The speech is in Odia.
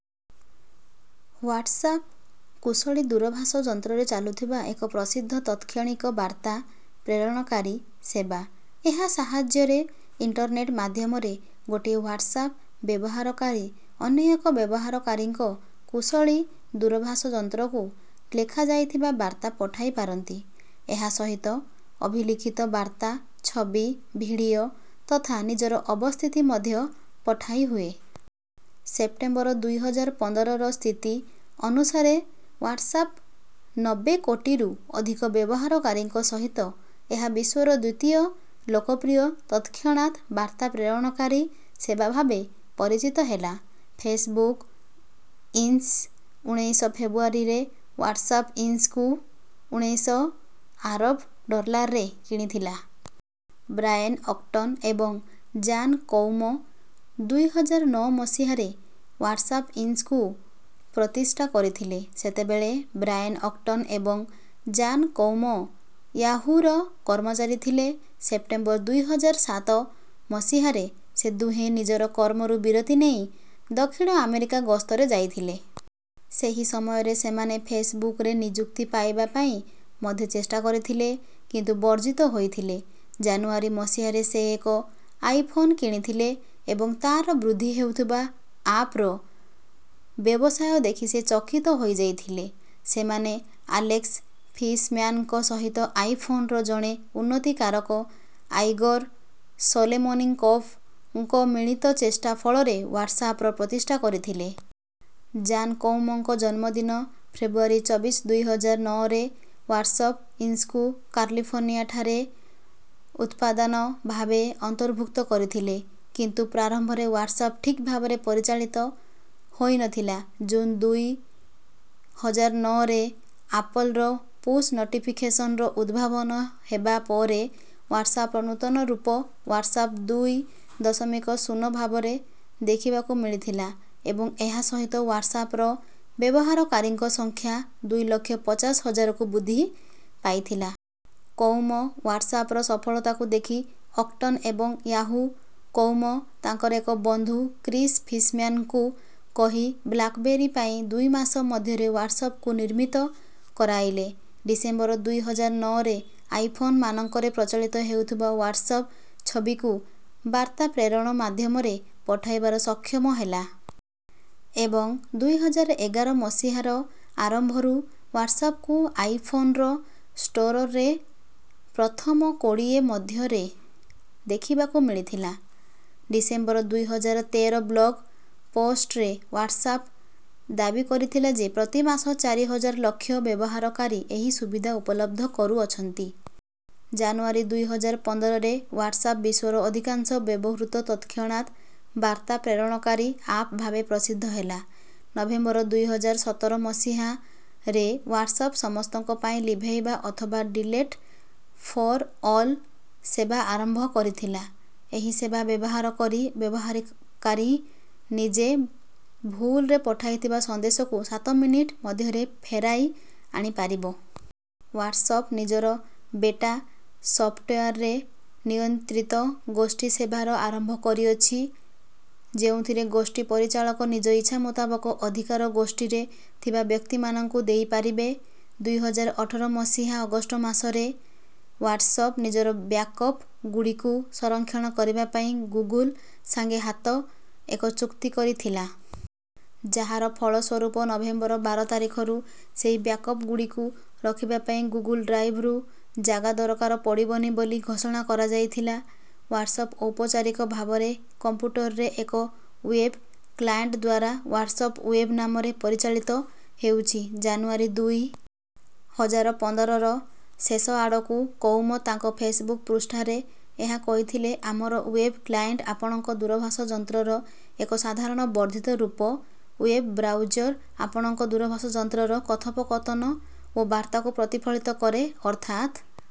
ହ୍ୱାଟସାପ କୁଶଳୀ ଦୂରଭାଷ ଯନ୍ତ୍ରରେ ଚାଲୁଥିବା ଏକ ପ୍ରସିଦ୍ଧ ତତକ୍ଷଣିକ ବାର୍ତ୍ତା ପ୍ରେରଣକାରୀ ସେବା। ଏହା ସାହାଯ୍ୟରେ ଇଣ୍ଟରନେଟ୍ ମାଧ୍ୟମରେ ଗୋଟିଏ ହ୍ୱାଟସାପ ବ୍ୟବହାରକାରୀ ଅନ୍ୟ ଏକ ବ୍ୟବହାରକାରୀଙ୍କ କୁଶଳୀ ଦୂରଭାଷ ଯନ୍ତ୍ରକୁ ଲେଖାଯାଇଥିବା ବାର୍ତ୍ତା ପଠାଇପାରନ୍ତି। ଏହା ସହିତ ଅଭିଲିଖିତ ବାର୍ତ୍ତା ଛବି ଭିଡିଓ ତଥା ନିଜର ଅବସ୍ଥିତି ମଧ୍ୟ ପଠାଇହୁଏ। ସେପ୍ଟେମ୍ବର ଦୁଇ ହଜାର ପନ୍ଦରର ସ୍ଥିତି ଅନୁସାରେ ହ୍ୱାଟସାପ ନବ୍ବେ କୋଟିରୁ ଅଧିକ ବ୍ୟବହାରକାରୀଙ୍କ ସହିତ ଏହା ବିଶ୍ୱର ଦ୍ୱିତୀୟ ଲୋକପ୍ରିୟ ତତ୍‌କ୍ଷଣାତ୍ ବାର୍ତ୍ତା ପ୍ରେରଣକାରୀ ସେବା ଭାବରେ ପରିଚିତ ହେଲା। ଫେସବୁକ ଇନ୍ସ ଉଣେଇଶ ଫେବୃଆରୀ ରେ ହ୍ୱାଟସାପ ଇନ୍ସକୁ ଉଣେଇଶ ଆରବ୍ ଡଲାର୍ରେ କିଣିଥିଲା। ବ୍ରାଏନ୍ ଅକ୍ଟନ ଏବଂ ଜାନ୍ କୋଉମ ଦୁଇ ହଜାର ନଅ ମସିହାରେ ହ୍ୱାଟସାପ ଇନ୍ସକୁ ପ୍ରତିଷ୍ଠା କରିଥିଲେ। ସେତେବେଳେ ବ୍ରାଏନ୍ ଅକ୍ଟନ ଏବଂ ଜାନ୍ କୋଉମ ୟାହୁ ର କର୍ମଚାରୀ ଥିଲେ। ସେପ୍ଟେମ୍ବର ଦୁଇ ହଜାର ସାତ ମସିହାରେ ସେ ଦୁହେଁ ନିଜର କର୍ମରୁ ବିରତି ନେଇ ଦକ୍ଷିଣ ଆମେରିକା ଗସ୍ତରେ ଯାଇଥିଲେ। ସେହି ସମୟରେ ସେମାନେ ଫେସବୁକରେ ନିଯୁକ୍ତି ପାଇବା ପାଇଁ ମଧ୍ୟ ଚେଷ୍ଟା କରିଥିଲେ କିନ୍ତୁ ବର୍ଜିତ ହୋଇଥିଲେ। ଜାନୁଆରୀ ମସିହାରେ ସେ ଏକ ଆଇ ଫୋନ୍ କିଣିଥିଲେ ଏବଂ ତାର ବୃଦ୍ଧି ହେଉଥିବା ଆପ୍ର ବ୍ୟବସାୟ ଦେଖି ସେ ଚକିତ ହୋଇଯାଇଥିଲେ। ସେମାନେ ଆଲେକ୍ସ ଫିସ୍‌ମ୍ୟାନ୍‌ଙ୍କ ସହିତ ଆଇ ଫୋନର ଜଣେ ଉନ୍ନତିକାରକ ଆଇଗୋର୍ ସୋଲେମୋନିକୋଭ୍‌ ଙ୍କ ମିଳିତ ଚେଷ୍ଟା ଫଳରେ ହ୍ୱାଟସାପର ପ୍ରତିଷ୍ଠା କରିଥିଲେ। ଜାନ୍ କୋଉମଙ୍କ ଜନ୍ମଦିନ ଫେବୃଆରୀ ଚବିଶ ଦୁଇ ହଜାର ନଅରେ ହ୍ୱାଟସାପ ଇନ୍ସକୁ କାର୍ଲିଫର୍ଣ୍ଣିଆଠାରେ ଉତ୍ପାଦାନ ଭାବେ ଅନ୍ତର୍ଭୁକ୍ତ କରିଥିଲେ। କିନ୍ତୁ ପ୍ରାରମ୍ଭରେ ହ୍ୱାଟସାପ ଠିକ୍ ଭାବରେ ପରିଚାଳିତ ହୋଇନଥିଲା। ଜୁନ୍ ଦୁଇ ହଜାର ନଅରେ ଆପଲ୍‌ର ପୁଶ୍ ନୋଟିଫିକେସନ୍ସର ଉଦ୍ଭାବନ ହେବା ପରେ ହ୍ୱାଟସାପର ନୂତନ ରୂପ ହ୍ୱାଟସାପ ଦୁଇ ଦଶମିକ ଶୂନ ଭାବରେ ଦେଖିବାକୁ ମିଳିଥିଲା ଏବଂ ଏହା ସହିତ ହ୍ୱାଟସାପର ବ୍ୟବହାରକାରୀଙ୍କ ସଂଖ୍ୟା ଦୁଇ ଲକ୍ଷ ପଚାଶ ହଜାରକୁ ବୃଦ୍ଧି ପାଇଥିଲା। କୋଉମ ହ୍ୱାଟସାପର ସଫଳତାକୁ ଦେଖି ଅକ୍ଟନ ଏବଂ ୟାହୁ କୋଉମ ତାଙ୍କର ଏକ ବନ୍ଧୁ କ୍ରିସ୍ ଫିସ୍‌ମ୍ୟାନ୍‌ଙ୍କୁ କହି ବ୍ଲାକବେରୀ ପାଇଁ ଦୁଇ ମାସ ମଧ୍ୟରେ ହ୍ୱାଟସାପକୁ ନିର୍ମିତ କରାଇଲେ। ଡିସେମ୍ବର ଦୁଇ ହଜାର ନଅରେ ଆଇ ଫୋନ୍ ମାନଙ୍କରେ ପ୍ରଚଳିତ ହେଉଥିବା ହ୍ୱାଟସାପ ଛବିକୁ ବାର୍ତ୍ତା ପ୍ରେରଣ ମାଧ୍ୟମରେ ପଠାଇବାର ସକ୍ଷମ ହେଲା। ଏବଂ ଦୁଇ ହଜାର ଏଗାର ମସିହାର ଆରମ୍ଭରୁ ହ୍ୱାଟସାପକୁ ଆଇ ଫୋନର ଷ୍ଟୋରରେ ପ୍ରଥମ କୋଡ଼ିଏ ମଧ୍ୟରେ ଦେଖିବାକୁ ମିଳିଥିଲା। ଡିସେମ୍ବର ଦୁଇ ହଜାର ତେର ବ୍ଲଗ ପୋଷ୍ଟରେ ହ୍ୱାଟସାପ ଦାବି କରିଥିଲା ଯେ ପ୍ରତି ମାସ ଚାରି ହଜାର ଲକ୍ଷ ବ୍ୟବହାରକାରୀ ଏହି ସୁବିଧା ଉପଲବ୍ଧ କରୁଅଛନ୍ତି। ଜାନୁଆରୀ ଦୁଇ ହଜାର ପନ୍ଦରରେ ହ୍ୱାଟସାପ ବିଶ୍ୱର ଅଧିକାଂଶ ବ୍ୟବହୃତ ତତ୍‌କ୍ଷଣାତ୍ ବାର୍ତ୍ତା ପ୍ରେରଣକାରୀ ଆପ୍ ଭାବେ ପ୍ରସିଦ୍ଧ ହେଲା। ନଭେମ୍ବର ଦୁଇ ହଜାର ସତର ମସିହାରେ ହ୍ୱାଟସପ ସମସ୍ତଙ୍କ ପାଇଁ ଲିଭେଇବା ଅଥବା ଡିଲେଟ ଫର ଅଲ ସେବା ଆରମ୍ଭ କରିଥିଲା। ଏହି ସେବା ବ୍ୟବହାର କରି ବ୍ୟବହାରକାରୀ ନିଜେ ଭୁଲରେ ପଠାଇଥିବା ସନ୍ଦେଶକୁ ସାତ ମିନଟ ମଧ୍ୟରେ ଫେରାଇ ଆଣି ପାରିବ। ହ୍ୱାଟସପ ନିଜର ବେଟା ସଫ୍ଟୱେରରେ ନିୟନ୍ତ୍ରିତ ଗୋଷ୍ଠୀ ସେବାର ଆରମ୍ଭ କରିଅଛି। ଯେଉଁଥିରେ ଗୋଷ୍ଠୀ ପରିଚାଳକ ନିଜ ଇଚ୍ଛା ମୁତାବକ ଅଧିକାର ଗୋଷ୍ଟିରେ ଥିବା ବ୍ୟକ୍ତି ମାନଙ୍କୁ ଦେଇ ପାରିବେ। ଦୁଇ ହଜାର ଅଠର ମସିହା ଅଗଷ୍ଟ ମାସରେ ହ୍ୱାଟସପ ନିଜର ବ୍ୟାକପ ଗୁଡିକୁ ସଂରକ୍ଷଣ କରିବା ପାଇଁ ଗୁଗଲ ସାଙ୍ଗେ ହାତ ଏକ ଚୁକ୍ତି କରି ଥିଲା। ଯାହାର ଫଳ ସ୍ୱରୂପ ନଭେମ୍ବର ବାର ତାରିଖରୁ ସେହି ବ୍ୟାକପ ଗୁଡିକୁ ରଖିବା ପାଇଁ ଗୁଗଲ ଡ୍ରାଇଭରୁ ଜାଗା ଦରକାର ପଡିବନି ବୋଲି ଘୋଷଣା କରାଯାଇଥିଲା। ହ୍ୱାଟସପ ଔପଚାରିକ ଭାବରେ କମ୍ପ୍ୟୁଟରରେ ଏକ ୱେବ୍ କ୍ଲାଏଣ୍ଟଦ୍ୱାରା ହ୍ୱାଟସପ ୱେବ୍ ନାମରେ ପରିଚାଳିତ ହେଉଛି। ଜାନୁଆରୀ ଦୁଇ ହଜାର ପନ୍ଦରର ଶେଷ ଆଡକୁ କୋଉମ ତାଙ୍କ ଫେସବୁକ ପୃଷ୍ଠାରେ ଏହା କହିଥିଲେ ଆମର ଓ୍ବେବ୍ କ୍ଲାଏଣ୍ଟ ଆପଣଙ୍କ ଦୂରଭାଷ ଯନ୍ତ୍ରର ଏକ ସାଧାରଣ ବର୍ଦ୍ଧିତ ରୂପ ଓ୍ବେବ୍ ବ୍ରାଉଜର ଆପଣଙ୍କ ଦୂରଭାଷ ଯନ୍ତ୍ରର କଥୋପକଥନ ଓ ବାର୍ତ୍ତାକୁ ପ୍ରତିଫଳିତ କରେ ଅର୍ଥାତ